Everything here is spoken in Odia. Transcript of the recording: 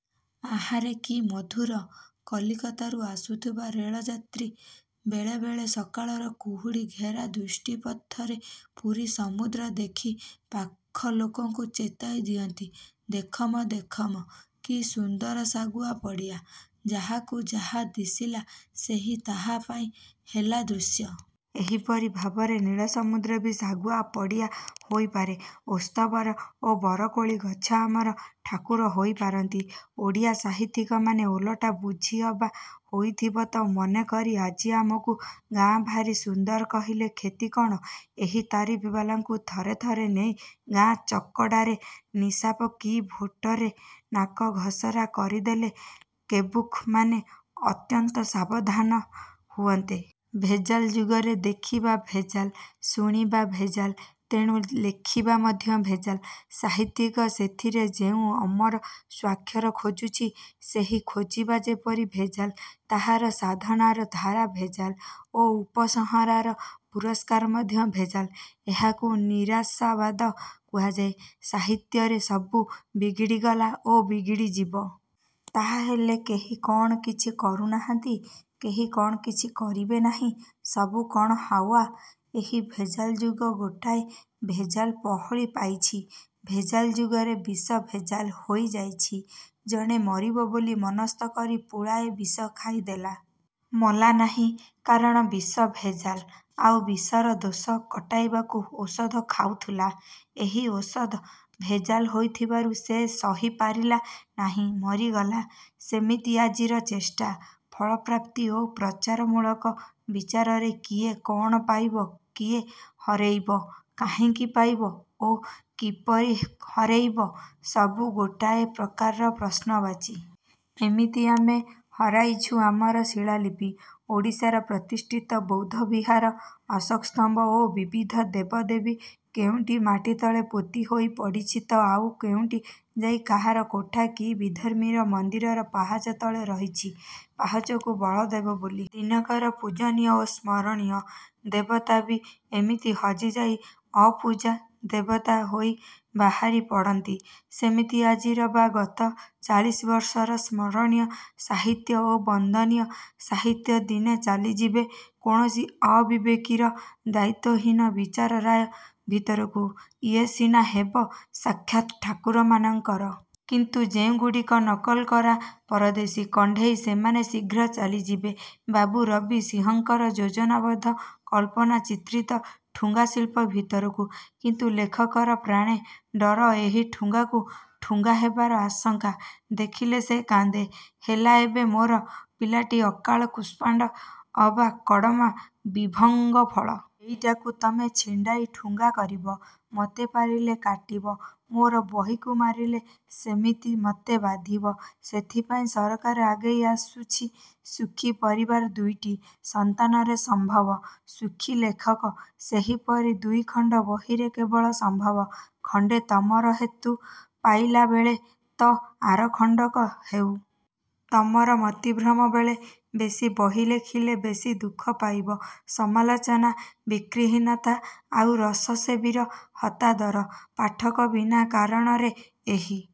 ଆହାରେ କି ମଧୁର! କଲିକତାରୁ ଆସୁଥିବା ରେଳ ଯାତ୍ରୀ ବେଳେବେଳେ ସକାଳର କୁହୁଡ଼ି ଘେରା ଦୃଷ୍ଟି ପଥରେ ପୁରୀ ସମୁଦ୍ର ଦେଖି ପାଖ ଲୋକକୁ ଚେତାଇ ଦିଅନ୍ତି-ଦେଖ ମ, ଦେଖ ମ, କି ସୁନ୍ଦର ଶାଗୁଆ ପଡ଼ିଆ। ଯାହାକୁ ଯାହା ଦିଶିଲା ସେହି ତାହା ପାଇଁ ହେଲା ଦୃଶ୍ୟ। ଏହିପରି ଭାବରେ ନୀଳ ସମୁଦ୍ର ବି ଶାଗୁଆ ପଡ଼ିଆ ହେଇପାରେ। ଓସ୍ତ ବର ଓ ବରକୋଳି ଗଛ ଆମର ଠାକୁର ହେଇ ପାରନ୍ତି। ଓଡ଼ିଆ ସାହିତ୍ୟିକମାନେ ଓଲଟା ବୁଝି ଅବା-ହେଇଥିବ ତ-ମନେକରି ଆଜି ଆମକୁ-ଗାଁ ଭାରି ସୁନ୍ଦର-କହିଲେ କ୍ଷତି କ'ଣ? ଏହି ତାରିଫ୍ ବାଲାଙ୍କୁ ଥରେ ଥରେ ନେଇ ଗାଁ ଚକଡ଼ାରେ ନିଶାପ କି ଭୋଟରେ ନାକଘସରା କରିଦେଲେ ବେକୁବ୍ ମାନେ ଅନ୍ତତ ସାବଧାନ ହୁଅନ୍ତେ। ଭେଜାଲ ଯୁଗରେ ଦେଖିବା ଭେଜାଲ, ଶୁଣିବା ଭେଜାଲ। ତେଣୁ ଲେଖିବା ମଧ୍ୟ ଭେଜାଲ। ସାହିତ୍ୟିକ ସେଥିରେ ଯେଉଁ ଅମର ସ୍ୱାକ୍ଷର ଖୋଜୁଛି, ସେହି ଖୋଜିବା ଯେପରି ଭେଜାଲ, ତାହାର ସାଧନାର ଧାରା ଭେଜାଲ ଓ ଉପସଂହାରର ପୁରସ୍କାର ମଧ୍ୟ ଭେଜାଲ। ଏହାକୁ ନିରାଶାବାଦ କୁହାଯାଏ ସାହିତ୍ୟରେ-ସବୁ ବିଗିଡ଼ିଗଲା ଓ ବିଗିଡ଼ିଯିବ। ତାହାହେଲେ କେହି କ'ଣ କିଛି କରୁ ନାହାନ୍ତି? କେହି କ'ଣ କିଛି କରିବେ ନାହିଁ? -ସବୁ କଅଣ ହାୱା? ଏହି ଭେଜାଲ ଯୁଗ ଗୋଟାଏ ଭେଜାଲ ପହଳି ପାଇଛି। ଭେଜାଲ ଯୁଗରେ ବିଷ ଭେଜାଲ ହୋଇଯାଇଛି। ଜଣେ ମରିବ ବୋଲି ମନସ୍ଥ କରି ପୁଳାଏ ବିଷ ଖାଇଦେଲା। ମଲା ନାହିଁ-କାରଣ ବିଷ ଭେଜାଲ। ଆଉ ବିଷର ଦୋଷ କଟାଇବାକୁ ଔଷଧ ଖାଉଥିଲା। ଏହି ଔଷଧ ଭେଜାଲ ହୋଇଥିବାରୁ ସେ ସହି ପାରିଲା ନାହିଁ, ମରିଗଲା। ସେମିତି ଆଜିର ଚେଷ୍ଟା, ଫଳପ୍ରାପ୍ତି ଓ ପ୍ରଚାରମୂଳକ ବିଚାରରେ କିଏ କ'ଣ ପାଇବ କି ହରେଇବ-କାହିଁକି ପାଇବ ଓ କିପରି ହରେଇବ-ସବୁ ଗୋଟାଏ ପ୍ରକାରର ପ୍ରଶ୍ନବାଚୀ। ଏମିତି ଆମେ ହରାଇଛୁ ଆମର ଶିଳାଲିପି-ଓଡ଼ିଶାର ପ୍ରତିଷ୍ଠିତ ବୌଦ୍ଧ ବିହାର, ଅଶୋକସ୍ତମ୍ଭ ଓ ବିବିଧ ଦେବଦେବୀ। କେଉଁଟି ମାଟି ତଳେ ପୋତି ହୋଇ ପଡ଼ିଛି ତ ଆଉ କେଉଁଟି ଯାଇ କାହାର କୋଠା କି ବିଧର୍ମୀର ମନ୍ଦିରର ପାହାଚ ତଳେ ରହିଚି ପାହାଚକୁ ବଳ ଦବ ବୋଲି। ଦିନକର ପୂଜନୀୟ ଓ ସ୍ମରଣୀୟ ଦେବତା ବି ଏମିତି ହଜିଯାଇ ଅପୁଜା ଦେବତା ହୋଇ ବାହରି ପଡ଼ନ୍ତି। ସେମିତି ଆଜିର ବା ଗତ ଚାଳିଶିବର୍ଷର ସ୍ମରଣୀୟ ସାହିତ୍ୟ ଓ ବନ୍ଦନୀୟ ସାହିତ୍ୟ ଦିନେ ଚାଲିଯିବେ କୌଣସି ଅବିବେକୀର ଦାୟିତ୍ୱହୀନ ବିଚାରର ରାୟ ଭିତରକୁ। ଇଏ ସିନା ହେବ ସାକ୍ଷାତ୍ ଠାକୁରମାନଙ୍କର। କିନ୍ତୁ ଯେଉଁଗୁଡ଼ିକ ନକଲକରା ପରଦେଶୀ କଣ୍ତେଇ ସେମାନେ ଶୀଘ୍ର ଚାଲିଯିବେ ବାବୁ ରବି ସିଂହଙ୍କର ଯୋଜନାବଦ୍ଧ କଳ୍ପନା-ଚିତ୍ରିତ ଠୁଙ୍ଗାଶିଳ୍ପ ଭିତରକୁ। କିନ୍ତୁ ଲେଖକର ପ୍ରାଣେ ଡର ଏହି ଠୁଙ୍ଗାକୁ। ଠୁଙ୍ଗା ହେବାର ଆଶଙ୍କା ଦେଖିଲେ ସେ କାନ୍ଦେ। ହେଲା ଏବେ ମୋର ପିଲାଟି ଅକାଳ କୁଷ୍ମାଣ୍ତ ଅବା କଡ଼ମା ବିଭଙ୍ଗ ଫଳ। ଏଇଟାକୁ ତମେ ଛିଣ୍ତାଇ ଠୁଙ୍ଗା କରିବ? ମତେ ପାରିଲେ କାଟିବ-ମୋର ବହିକୁ ମାରିଲେ ସେମିତି ମତେ ବାଧିବ। ସେଥିପାଇଁ ସରକାର ଆଗେଇ ଆସୁଛି। ସୁଖୀ ପରିବାର ଦୁଇଟି ସନ୍ତାନରେ ସମ୍ଭବ। ସୁଖୀ ଲେଖକ ସେହିପରି ଦୁଇଖଣ୍ତ ବହିରେ କେବଳ ସମ୍ଭବ। ଖଣ୍ତେ ତମର ହେତୁ ପାଇଲାବେଳେ ତ ଆରଖଣ୍ତିକ ହେଉ। ତମର ମତିଭ୍ରମ ବେଳେ। ବେଶି ବହି ଲେଖିଲେ ବେଶି ଦୁଃଖ ପାଇବ-ସମାଲୋଚନା, ବିକ୍ରୀହୀନତା, ଆଉ ରସସେବୀର ହତାଦର। ପାଠକ ବିନା କାରଣରେ ଏହି